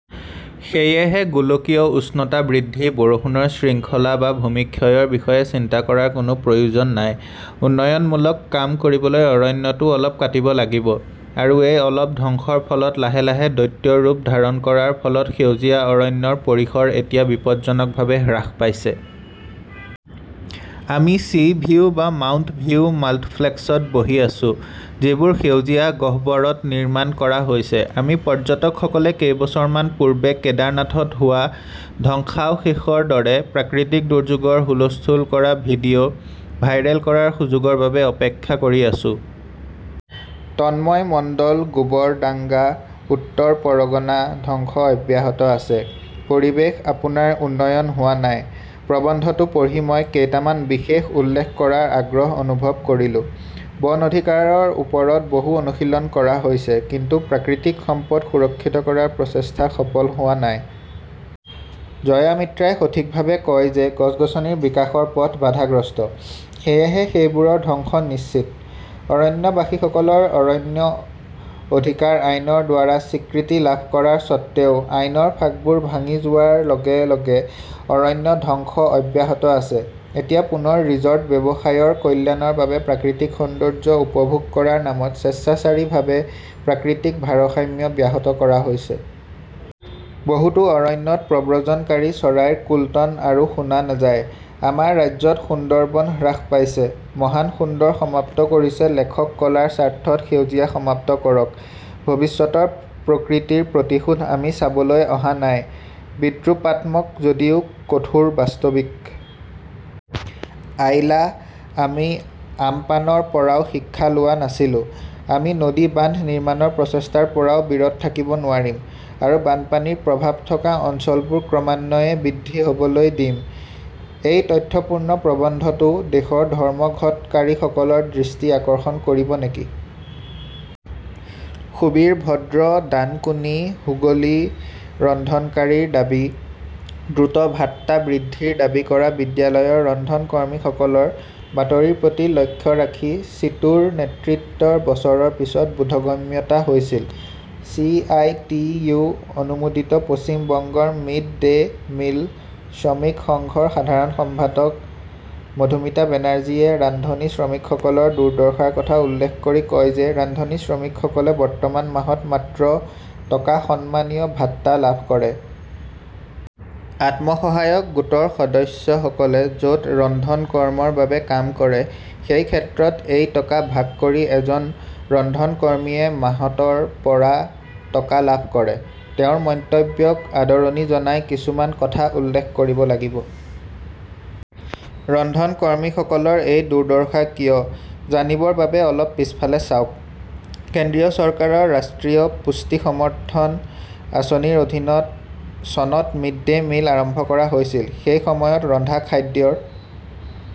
সেয়েহে, গোলকীয় উষ্ণতা বৃদ্ধি, বৰষুণৰ শৃংখলা বা ভূমিক্ষয়ৰ বিষয়ে চিন্তা কৰাৰ কোনো প্ৰয়োজন নাই। উন্নয়নমূলক কাম কৰিবলৈ অৰণ্যটো অলপ কাটিব লাগিব। আৰু এই 'অলপ' ধ্বংসৰ ফলত লাহে লাহে দৈত্যৰ ৰূপ ধাৰণ কৰাৰ ফলত সেউজীয়া অৰণ্যৰ পৰিসৰ এতিয়া বিপদজনকভাৱে হ্ৰাস পাইছে। আমি 'চি ভিউ' বা 'মাউণ্ট ভিউ' মাল্টফ্লেক্সত বহি আছো, যিবোৰ সেউজীয়া গহ্বৰত নিৰ্মাণ কৰা হৈছে। আমি পৰ্যটকসকলে কেইবছৰমান পূৰ্বে কেদাৰনাথত হোৱা ধ্বংসাৱশেষৰ দৰে প্ৰাকৃতিক দুৰ্যোগৰ হুলস্থুল কৰা ভিডিঅ "ভাইৰেল কৰাৰ সুযোগৰ বাবে অপেক্ষা কৰি আছো! তন্ময় মণ্ডল, গোবৰডাংগা, উত্তৰ পৰগনা ধ্বংস অব্যাহত আছে 'পৰিৱেশ, আপোনাৰ উন্নয়ন হোৱা নাই? "প্ৰবন্ধটো পঢ়ি মই কেইটামান বিষয় উল্লেখ কৰাৰ আগ্ৰহ অনুভৱ কৰিলো। বন অধিকাৰৰ ওপৰত বহু অনুশীলন কৰা হৈছে, কিন্তু প্ৰাকৃতিক সম্পদ সুৰক্ষিত কৰাৰ প্ৰচেষ্টা সফল হোৱা নাই। জয়া মিত্ৰাই সঠিকভাৱে কয় যে গছ-গছনিৰ বিকাশৰ পথ বাধাগ্ৰস্ত, সেয়েহে সেইবোৰৰ ধ্বংস নিশ্চিত! অৰণ্যবাসীসকলৰ অৰণ্য অধিকাৰ আইনৰ দ্বাৰা স্বীকৃতি লাভ কৰাৰ স্বত্ত্বেও, আইনৰ ফাঁকবোৰ ভাঙি যোৱাৰ লগে লগে অৰণ্য ধ্বংস অব্যাহত আছে। এতিয়া পুনৰ ৰিজৰ্ট ব্যৱসায়ৰ কল্যাণৰ বাবে প্ৰাকৃতিক সৌন্দৰ্য্য উপভোগ কৰাৰ নামত স্বেচ্ছাচাৰীভাৱে প্ৰাকৃতিক ভাৰসাম্য ব্যাহত কৰা হৈছে। বহুতো অৰণ্যত প্ৰব্ৰজনকাৰী চৰাইৰ কোল্টন আৰু শুনা নাযায়। আমাৰ ৰাজ্যত সুন্দৰবন হ্ৰাস পাইছে। মহান সুন্দৰ সমাপ্ত কৰিছে লেখক-কলাৰ স্বাৰ্থত সেউজীয়া সমাপ্ত কৰক, ভৱিষ্যতৰ প্ৰকৃতিৰ প্ৰতিশোধ আমি চাবলৈ অহা নাই! বিদ্ৰূপাত্মক যদিও কঠোৰ বাস্তৱিক। আইলা, আমি আমপানৰ পৰাও শিক্ষা লোৱা নাছিলো। আমি নদী বান্ধ নিৰ্মাণৰ প্ৰচেষ্টাৰ পৰাও বিৰত থাকিব নোৱাৰিম, আৰু বানপানীৰ প্ৰভাৱ থকা অঞ্চলবোৰ ক্ৰমান্বয়ে বৃদ্ধি হ 'বলৈ দিম! এই তথ্যপূৰ্ণ প্ৰবন্ধটো দেশৰ ধৰ্মঘটকাৰীসকলৰ দৃষ্টি আকৰ্ষণ কৰিব নেকি? সুবীৰ ভদ্ৰ, ডানকুনী, হুগলী ৰন্ধনকাৰীৰ দাবী 'দ্ৰুত ভাত্তা বৃদ্ধিৰ দাবী কৰা বিদ্যালয়ৰ ৰন্ধন কৰ্মীসকলৰ' বাতৰিৰ প্ৰতি লক্ষ্য ৰাখি, চিটুৰ নেতৃত্বৰ বছৰৰ পিছত বোধগম্যতা হৈছিল। চি. আই. টি. ইউ. অনুমোদিত 'পশ্চিম বংগৰ মিড-ডে মিল শ্ৰমিক সংঘ "ৰ সাধাৰণ সম্পাদক মধুমিটা বেনাৰ্জীয়ে ৰান্ধনী শ্ৰমিকসকলৰ দুৰ্দশাৰ কথা উল্লেখ কৰি কয় যে ৰান্ধনী শ্ৰমিকসকলে বৰ্তমান মাহত মাত্ৰ টকা সন্মানীয় ভাত্তা লাভ কৰে। আত্মসহায়ক গোটৰ সদস্যসকলে য 'ত ৰন্ধন কৰ্মৰ বাবে কাম কৰে, সেই ক্ষেত্ৰত এই টকা ভাগ কৰি এজন ৰন্ধন কৰ্মীয়ে মাহত ৰ পৰা টকা লাভ কৰে। তেওঁৰ মন্তব্যক আদৰণি জনাই কিছুমান কথা উল্লেখ কৰিব লাগিব। ৰন্ধন কৰ্মীসকলৰ এই দুৰ্দশা কিয়? জানিবৰ বাবে অলপ পিছফালে চাওক। কেন্দ্ৰীয় চৰকাৰৰ ৰাষ্ট্ৰীয় পুষ্টি সমৰ্থন আঁচনিৰ অধীনত চনত 'মিড-ডে মিল "আৰম্ভ কৰা হৈছিল। সেই সময়ত ৰন্ধা খাদ্যৰ